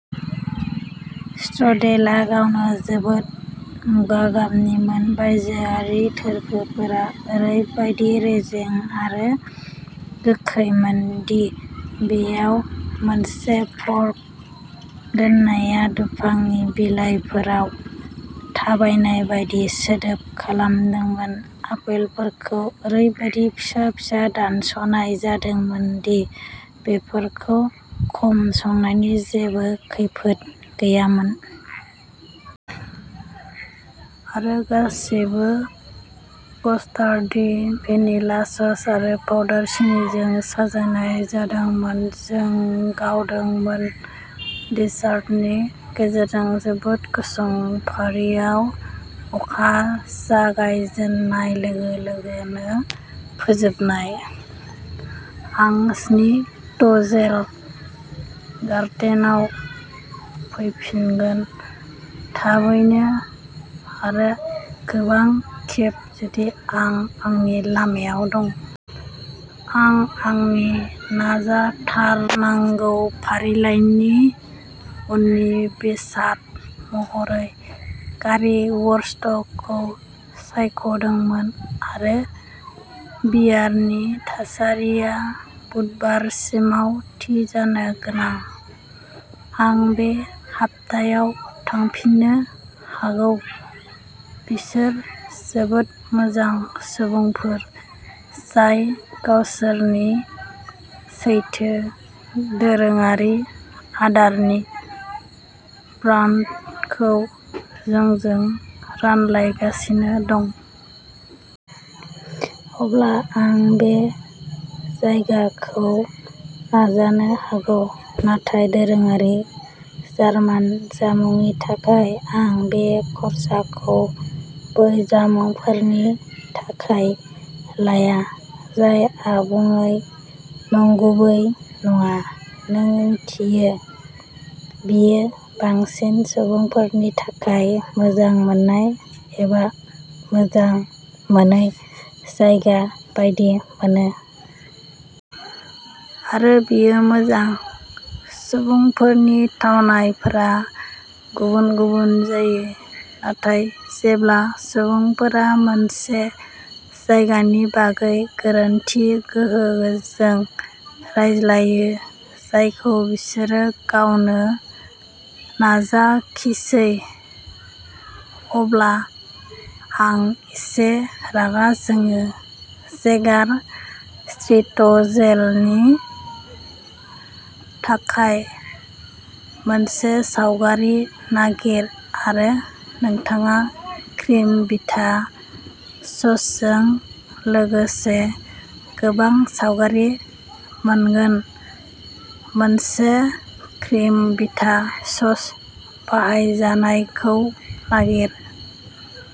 स्ट्रुडेलआ गावनो जोबोद मुगा गाबनिमोन। बायजोआरि थोरफोफोरा ओरैबादि रेजें आरो गोखैमोन दि बेयाव मोनसे फर्क दोननाया दुफांनि बिलाइफोराव थाबायनाय बायदि सोदोब खालामदोंमोन। आपेलफोरखौ ओरैबादि फिसा फिसा दानस'नाय जादोंमोन दि बेफोरखौ खम संनायनि जेबो खैफोद गैयामोन। आरो गासिबो कस्टारडि भेनिला सस आरो पाउडार सिनिजों साजायनाय जादोंमोन। जों गावदोंमोन। डेजार्टनि गेजेरजों जोबोद गुसुं फारिआव अखा जागाय जेननाय लोगो-लोगोनो फोजोबनाय। आं स्निट्जेल गारटेनाव फैफिनगोन थाबैनो आरो गोबां खेब जुदि आं आंनि लामायाव दं। आं आंनि नाजाथारनांगौ फारिलाइनि उननि बेसाद महरै कारि वुरस्टखौ सायख'दोंमोन। आरो बियारनि थासारिया बुधबारसिमाव थि जानो गोनां। आं बे हाबत्ता थांफिननो हागौ। बिसोर जोबोद मोजां सुबुंफोर जाय गावसोरनि सैथो दोरोङारि आदारनि ब्रान्डखौ जोंजों रानलायगासिनो दं। अब्ला आं बे जायगाखौ नाजानो हागौ। नाथाय दोरोङारि जार्मान जामुंनि थाखाय आं बे खरसाखौ बै जामुंफोरनि थाखाय लाया जाय आबुङै नंगुबै नङा। नों मिथियो बेयो बांसिन सुबुंफोरनि थाखाय मोजां मोननाय एबा मोजां मोनै जायगा बायदि मोनो। आरो बेयो मोजां। सुबुंफोरनि थावनायफोरा गुबुन-गुबुन जायो। नाथाय जेब्ला सुबुंफोरा मोनसे जायगानि बागै गोरोन्थि गोहोजों रायज्लायो। जायखौ बिसोरो गावनो नाजाखिसै अब्ला आं एसे रागा जोङो। जेगार श्निटजेलनि थाखाय मोनसे सावगारि नागिर आरो नोंथाङा क्रिम बिथा ससजों लोगोसे गोबां सावगारि मोनगोन। मोनसे क्रिम बिथा सस बाहायजानायखौ नागिर।